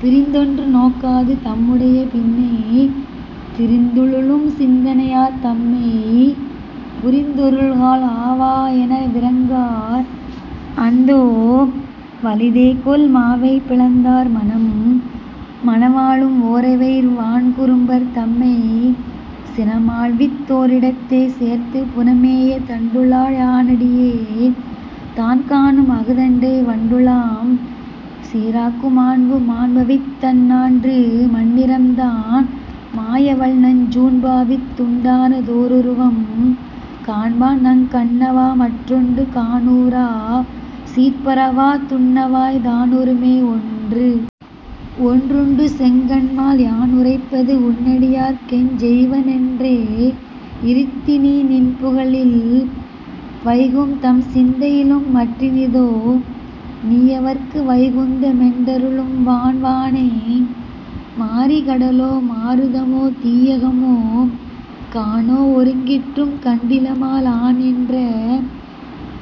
பிரிந்தொன்று நோக்காது தம்முடைய பின்னே, திரிந்துழுலும் சிந்தனையார் தம்மை,-புரிந்தொருகால் ஆவா. எனவிரங்கார் அந்தோ. வலிதேகொல், மாவை பிளந்தார் மனம்? மனவாளும் ஓரைவர் வன்குறும்பர் தம்மை, சினமாள்வித் தோரிடத்தே சேர்த்து-புனமேய தண்டுழா யானடியே தான்காணும் அஃதன்றே, வண்டுழாம் சீராக்கு மாண்பு? மாண்பாவித் தந்நான்று மண்ணிரந்தான், மாயவள்நஞ் சூண்பாவித் துண்டான தோருருவம்,-காண்பான்நங் கண்ணவா மற்றொன்று காணுறா, சீர்பரவா துண்ணவாய் தானுறுமோ ஒன்று? ஒன்றுண்டு செங்கண்மால். யானுரைப்பது, உன்னடியார்க் கெஞ்செய்வ னென்றே யிரித்திநீ,-நின்புகழில் வைகும்தம் சிந்தையிலும் மற்றினிதோ, நீயவர்க்கு வைகுந்த மென்றருளும் வான்? வானோ மறிகடலோ மாருதமோ தீயகமோ, கானோ ஒருங்கிற்றும் கண்டிலமால், ஆனீன்ற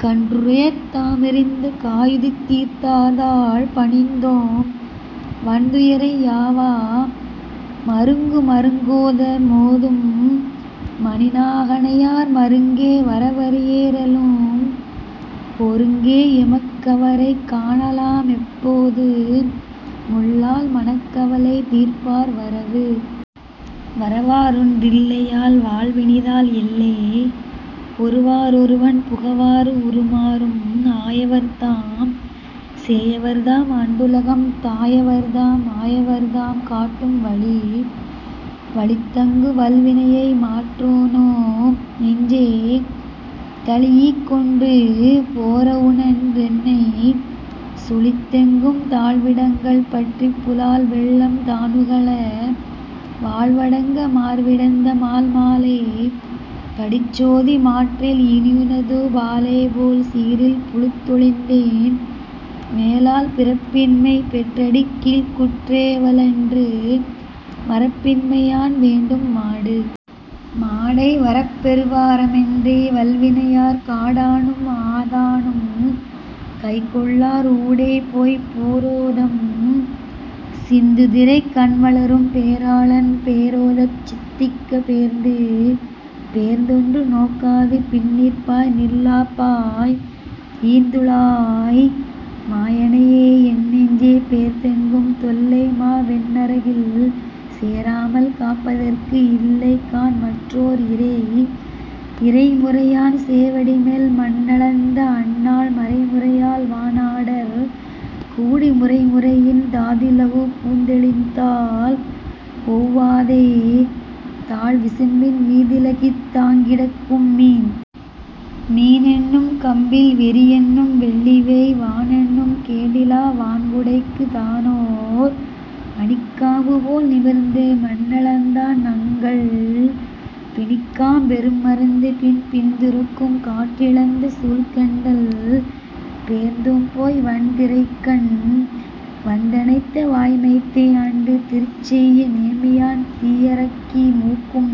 கன்றுயரத் தாமெறிந்து காயுதிர்த்தார் தாள்பணிந்தோம், வன்துயரை யாவா. மருங்கு. மருங்கோத மோதும் மணிநா கணையார், மருங்கே வரவரிய ரேலும்,-ஒருங்கே எமக்கவரைக் காணலா மெப்போது முள்ளால், மனக்கவலை தீர்ப்பார் வரவு. வரவாறொன் றில்லையால் வாழ்வினிதால், எல்லே. ஒருவா றொருவன் புகவாறு,-உருமாறும் ஆயவர்தாம் சேயவர்தாம் அன்றுலகம் தாயவர்தாம், மாயவர்தாம் காட்டும் வழி. வழித்தங்கு வல்வினையை மாற்றானோ நெஞ்சே, தழீஇக்கொண்டு போரவுணன் றன்னை,-சுழித்தெங்கும் தாழ்விடங்கள் பற்றிப் புலால்வெள்ளம் தானுகள, வாழ்வடங்க மார்விடந்த மால்? மாலே. படிச்சோதி மாற்றேல், இனியுனது பாலேபோல் சீரில் புழுத்தொழிந்தேன்,-மேலால் பிறப்பின்மை பெற்றடிக்கீழ்க் குற்றேவ லன்று, மறப்பின்மை யான்வேண்டும் மாடு. மாடே வரப்பெறுவ ராமென்றே, வல்வினையார் காடானும் ஆதானும் கைகொள்ளார்,-ஊடேபோய்ப் போரோதம் சிந்துதிரைக் கண்வளரும், பேராளன் பேரோதச் சிந்திக்கப் பேர்ந்து. பேர்ந்தொன்று நோக்காது பின்னிற்பாய் நில்லாப்பாய் ஈன்துழாய் மாயனையே என்னெஞ்சே, பேர்ந்தெங்கும் தொல்லைமா வெந்நரகில் சேராமல் காப்பதற்கு இல்லைகாண் மற்றோர் இறை. இறைமுறையான் சேவடிமேல் மண்ணளந்த அந்நாள், மறைமுறையால் வானாடர் கூடி,-முறைமுறையின் தாதிலகு பூத்தெளித்தால் ஒவ்வாதே, தாழ்விசும்பின் மீதிலகித் தாங்கிடக்கும் மீன். மீனென்னும் கம்பில் வெறியென்னும் வெள்ளிவேய் வானென்னும் கேடிலா வான்குடைக்கு,-தானோர் மணிக்காம்பு போல்நிமிர்ந்து மண்ணளந்தான், நங்கள் பிணிக்காம் பெருமருந்து பின். பின்துரக்கும் காற்றிழந்த சூல்கொண்டல் பேர்ந்தும் போய், வன்திரைக்கண் வந்தணைந்த வாய்மைத்தே, அன்று திருச்செய்ய நேமியான் தீயரக்கி மூக்கும்,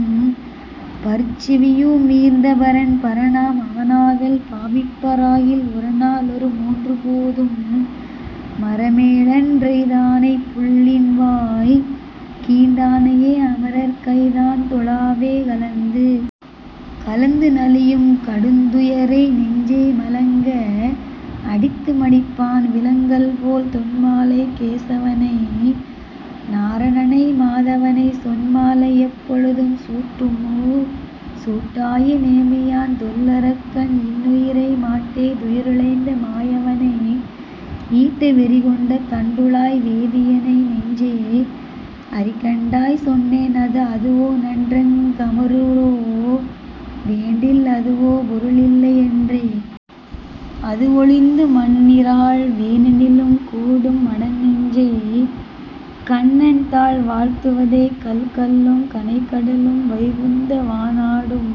பருச்செவியு மீர்ந்த பரன். பரனாம் அவனாதல் பாவிப்ப ராகில், உரனா லொருமூன்று போதும்,-மரமேழன் றெய்தானைப் புள்ளின்வாய் கீண்டானையே, அமரர் கைதான் தொழாவே கலந்து? கலந்து நலியும் கடுந்துயரை நெஞ்சே மலங்க அடித்து மடிப்பான்,-விலங்கல்போல் தொன்மாலைக் கேசவனை நாரணனை மாதவனை, சொன்மாலை யெப்பொழுதும் சூட்டு. சூட்டாய நேமியான் தொல்லரக்கன் இன்னுயிரை, மாட்டே துயரிழைத்த மாயவனை,-ஈட்ட வெறிகொண்ட தண்டுழாய் வேதியனை, நெஞ்சே. அறிகண்டாய் சொன்னேன் அது. அதுவோநன் ரென்றங் கமருலகோ வேண்டில், அதுவோ பொருளில்லை யன்றே?, அதுவொழிந்து மண்ணிறாள் வேனெனிலும் கூடும் மடநெஞ்சே, கண்ணன் தாள் வாழ்த்துவதே கல். கல்லும் கனைகடலும் வைகுந்த வானாடும்,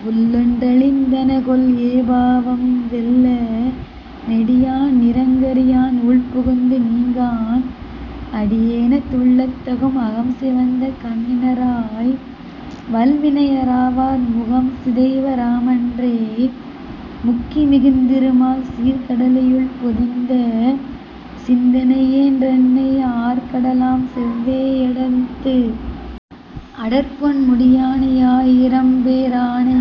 புல்லென் றழிந்தனகொல் ஏபாவம்,-வெல்ல நெடியான் நிறங்கரியான் உள்புகுந்து நீங்கான், அடியேன துள்ளத் தகம். அகம்சிவந்த கண்ணினராய் வல்வினைய ராவார், முகம்சிதைவ ராமன்றே முக்கி,-மிகுந்திருமால் சீர்க்கடலை யுள்பொதிந்த சிந்தனையேன் றன்னை, ஆர்க்கடலாம் செவ்வே யடர்த்து? அடர்ப்பொன் முடியானை யாயிரம்பே ரானை,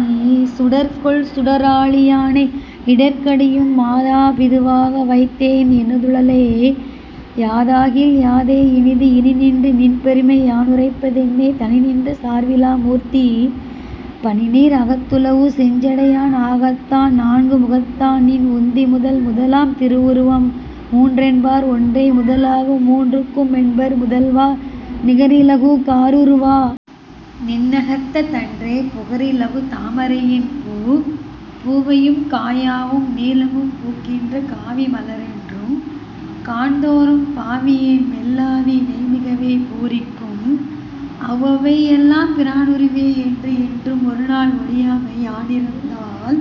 சுடர்கொள் சுடராழி யானை,-இடர்கடியும் மாதா பிதுவாக வைத்தேன் எனதுளலே யாதாகில் யாதே இனி? இனிநின்று நின்பெருமை யானுரைப்ப தென்னே, தனிநின்ற சார்விலா மூர்த்தி,-பனிநீர் அகத்துலவு செஞ்சடையான் ஆகத்தான், நான்கு முகத்தான்நின் உந்தி முதல். முதலாம் திருவுருவம் மூன்றென்பர், ஒன்றே முதலாகும் மூன்றுக்கும் மென்பர்-முதல்வா, நிகரிலகு காருருவா. நின்னகத்த தன்றே, புகரிலகு தாமரையின் பூ? பூவையும் காயாவும் நீலமும் பூக்கின்ற, காவி மலரென்றும் காண்தோறும், பாவியேன் மெல்லாவி மெய்மிகவே பூரிக்கும், அவ்வவை எல்லாம் பிரானுருவே என்று. என்றும் ஒருநாள் ஒழியாமை யானிரந்தால்,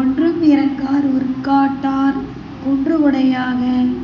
ஒன்றும் இரங்கார் உருக்காட்டார்,-குன்று குடையாக